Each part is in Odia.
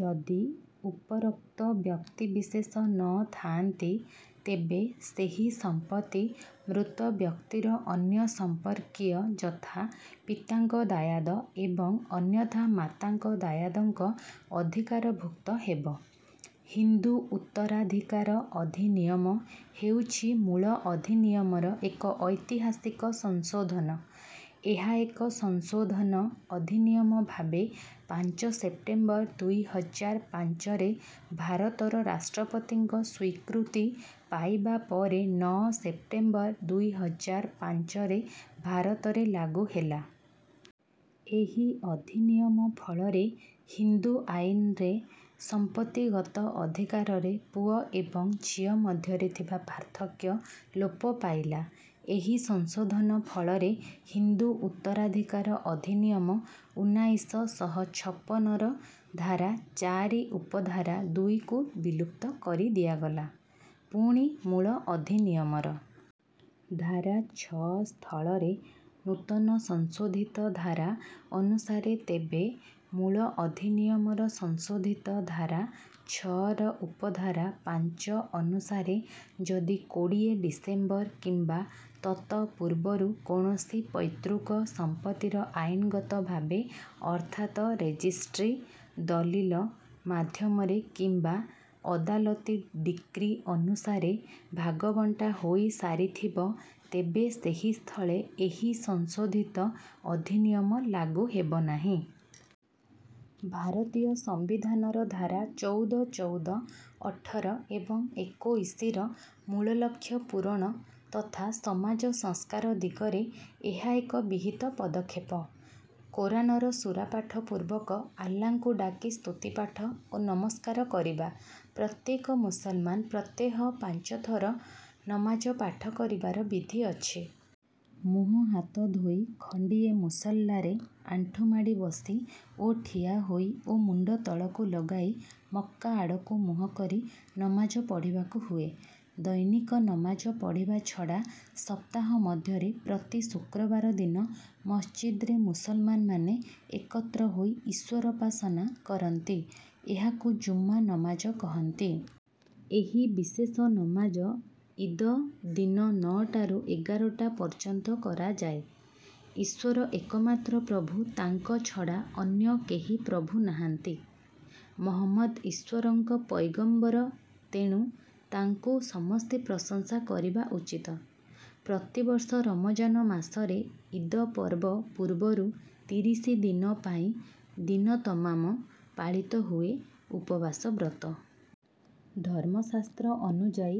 ଯଦି ଉପରୋକ୍ତ ବ୍ୟକ୍ତିବିଶେଷ ନ ଥାଆନ୍ତି ତେବେ ସେହି ସମ୍ପତ୍ତି ମୃତ ବ୍ୟକ୍ତିର ଅନ୍ୟ ସମ୍ପର୍କୀୟ ଯଥା ପିତାଙ୍କ ଦାୟାଦ ଏବଂ ଅନ୍ୟଥା ମାତାଙ୍କ ଦାୟାଦଙ୍କ ଅଧିକାରଭୁକ୍ତ ହେବ। ହିନ୍ଦୁ ଉତ୍ତରାଧିକାର ଅଧିନିୟମ ହେଉଛି ମୂଳ ଅଧିନିୟମର ଏକ ଐତିହାସିକ ସଂଶୋଧନ। ଏହା ଏକ ସଂଶୋଧନ ଅଧିନିୟମ ଭାବେ ପାଞ୍ଚ ସେପ୍ଟେମ୍ବର ଦୁଇ ହଜାର ପାଞ୍ଚରେ ଭାରତର ରାଷ୍ଟ୍ରପତିଙ୍କ ସ୍ୱୀକୃତି ପାଇବା ପରେ ନଅ ସେପ୍ଟେମ୍ବର ଦୁଇ ହଜାର ପାଞ୍ଚରେ ଭାରତରେ ଲାଗୁ ହେଲା। ଏହି ଅଧିନିୟମ ଫଳରେ ହିନ୍ଦୁ ଆଇନରେ ସମ୍ପତ୍ତିଗତ ଅଧିକାରରେ ପୁଅ ଏବଂ ଝିଅ ମଧ୍ୟରେ ଥିବା ପାର୍ଥକ୍ୟ ଲୋପ ପାଇଲା। ଏହି ସଂଶୋଧନ ଫଳରେ ହିନ୍ଦୁ ଉତ୍ତରାଧିକାର ଅଧିନିୟମ ଉନାଇଶ ଶହ ଛପନର ଧାରା ଚାରି ଉପଧାରା ଦୁଇକୁ ବିଲୁପ୍ତ କରିଦିଆଗଲା। ପୁଣି ମୂଳ ଅଧିନିୟମର ଧାରା ଛଅ ସ୍ଥଳରେ ନୂତନ ସଂଶୋଧିତ ଧାରା ଅନୁସାରେ ତେବେ ମୂଳ ଅଧିନିୟମର ସଂଶୋଧିତ ଧାରା ଛଅର ଉପଧାରା ପାଞ୍ଚ ଅନୁସାରେ ଯଦି କୋଡ଼ିଏ ଡିସେମ୍ବର କିମ୍ବା ତତ ପୂର୍ବରୁ କୌଣସି ପୈତୃକ ସମ୍ପତ୍ତିର ଆଇନଗତ ଭାବେ ଅର୍ଥାତ ରେଜିଷ୍ଟ୍ରି ଦଲିଲ ମାଧ୍ୟମରେ କିମ୍ବା ଅଦାଲତି ଡିକ୍ରୀ ଅନୁସାରେ ଭାଗବଣ୍ଟା ହୋଇସାରିଥିବ ତେବେ ସେହି ସ୍ଥଳେ ଏହି ସଂଶୋଧିତ ଅଧିନିୟମ ଲାଗୁ ହେବ ନାହିଁ। ଭାରତୀୟ ସମ୍ବିଧାନର ଧାରା ଚଉଦ ଚଉଦ ଅଠର ଏବଂ ଏକୋଇଶିର ମୂଳ ଲକ୍ଷ୍ୟ ପୂରଣ ତଥା ସମାଜ ସଂସ୍କାର ଦିଗରେ ଏହା ଏକ ବିହିତ ପଦକ୍ଷେପ। କୋରାନର ସୁରା ପାଠ ପୂର୍ବକ ଆଲ୍ଲାଙ୍କୁ ଡାକି ସ୍ତୁତିପାଠ ଓ ନମସ୍କାର କରିବା। ପ୍ରତ୍ୟେକ ମୁସଲମାନ ପ୍ରତ୍ୟହ ପାଞ୍ଚ ଥର ନମାଜ ପାଠ କରିବାର ବିଧି ଅଛି। ମୁହଁ ହାତ ଧୋଇ ଖଣ୍ଡିଏ ମୁସଲ୍ଲାରେ ଆଣ୍ଠୁମାଡ଼ି ବସି ଓ ଠିଆହୋଇ ଓ ମୁଣ୍ଡ ତଳକୁ ଲଗାଇ ମକ୍କା ଆଡ଼କୁ ମୁହଁ କରି ନମାଜ ପଢ଼ିବାକୁ ହୁଏ। ଦୈନିକ ନମାଜ ପଢ଼ିବା ଛଡ଼ା ସପ୍ତାହ ମଧ୍ୟରେ ପ୍ରତି ଶୁକ୍ରବାର ଦିନ ମସଜିଦରେ ମୁସଲମାନମାନେ ଏକତ୍ର ହୋଇ ଈଶ୍ୱରୋପାସନା କରନ୍ତି ଏହାକୁ ଯୁମା ନମାଜ କହନ୍ତି। ଏହି ବିଶେଷ ନମାଜ ଇଦ ଦିନ ନଅଟାରୁ ଏଗାରଟା ପର୍ଯ୍ୟନ୍ତ କରାଯାଏ। ଈଶ୍ୱର ଏକମାତ୍ର ପ୍ରଭୁ ତାଙ୍କ ଛଡ଼ା ଅନ୍ୟ କେହି ପ୍ରଭୁ ନାହାନ୍ତି। ମହମ୍ମଦ ଈଶ୍ୱରଙ୍କ ପୈଗମ୍ବର ତେଣୁ ତାଙ୍କୁ ସମସ୍ତେ ପ୍ରଶଂସା କରିବା ଉଚିତ। ପ୍ରତିବର୍ଷ ରମଜାନ ମାସରେ ଇଦ ପର୍ବ ପୂର୍ବରୁ ତିରିଶି ଦିନ ପାଇଁ ଦିନତମାମ ପାଳିତ ହୁଏ ଉପବାସ ବ୍ରତ। ଧର୍ମଶାସ୍ତ୍ର ଅନୁଯାୟୀ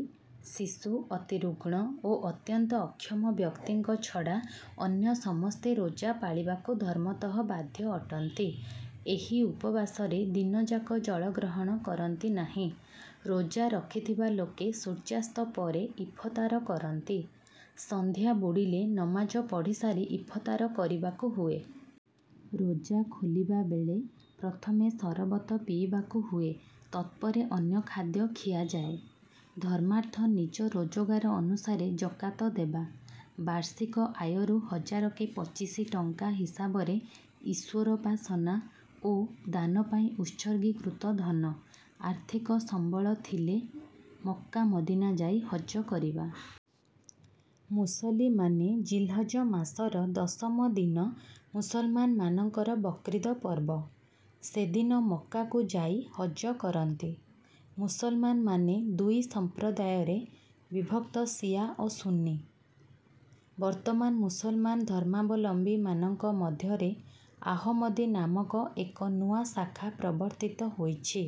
ଶିଶୁ ଅତି ରୁଗ୍ଣ ଓ ଅତ୍ୟନ୍ତ ଅକ୍ଷମ ବ୍ୟକ୍ତିଙ୍କ ଛଡ଼ା ଅନ୍ୟ ସମସ୍ତେ ରୋଜା ପାଳିବାକୁ ଧର୍ମତଃ ବାଧ୍ୟ ଅଟନ୍ତି। ଏହି ଉପବାସରେ ଦିନଯାକ ଜଳଗ୍ରହଣ କରନ୍ତି ନାହିଁ। ରୋଜା ରଖିଥିବା ଲୋକେ ସୂର୍ଯ୍ୟାସ୍ତ ପରେ ଇଫତାର କରନ୍ତି। ସନ୍ଧ୍ୟା ବୁଡ଼ିଲେ ନମାଜ ପଢ଼ିସାରି ଇଫତାର କରିବାକୁ ହୁଏ। ରୋଜା ଖୋଲିବା ବେଳେ ପ୍ରଥମେ ସରବତ ପିଇବାକୁ ହୁଏ ତତ୍ପରେ ଅନ୍ୟ ଖାଦ୍ୟ ଖିଆଯାଏ। ଧର୍ମାର୍ଥ ନିଜ ରୋଜଗାର ଅନୁସାରେ ଜକାତ ଦେବା। ବାର୍ଷିକ ଆୟରୁ ହଜାରକେ ପଚିଶି ଟଙ୍କା ହିସାବରେ ଈଶ୍ୱରୋପାସନା ଓ ଦାନ ପାଇଁ ଉତ୍ସର୍ଗୀକୃତ ଧନ। ଆର୍ଥିକ ସମ୍ବଳ ଥିଲେ ମକ୍କା ମଦିନା ଯାଇ ହଜ କରିବା। ମୁସଲମାନୀ ଜିଲ୍ହଜ ମାସର ଦଶମ ଦିନ ମୁସଲମାନମାନଙ୍କର ବକ୍ରୀଦ ପର୍ବ। ସେଦିନ ମକ୍କାକୁ ଯାଇ ହଜ କରନ୍ତି। ମୁସଲମାନମାନେ ଦୁଇ ସମ୍ପ୍ରଦାୟରେ ବିଭକ୍ତ ଶିଆ ଓ ସୁନ୍ନି। ବର୍ତ୍ତମାନ ମୁସଲମାନ ଧର୍ମାବଲମ୍ବୀମାନଙ୍କ ମଧ୍ୟରେ ଆହମ୍ମଦୀ ନାମକ ଏକ ନୂଆ ଶାଖା ପ୍ରବର୍ତ୍ତିତ ହୋଇଛି।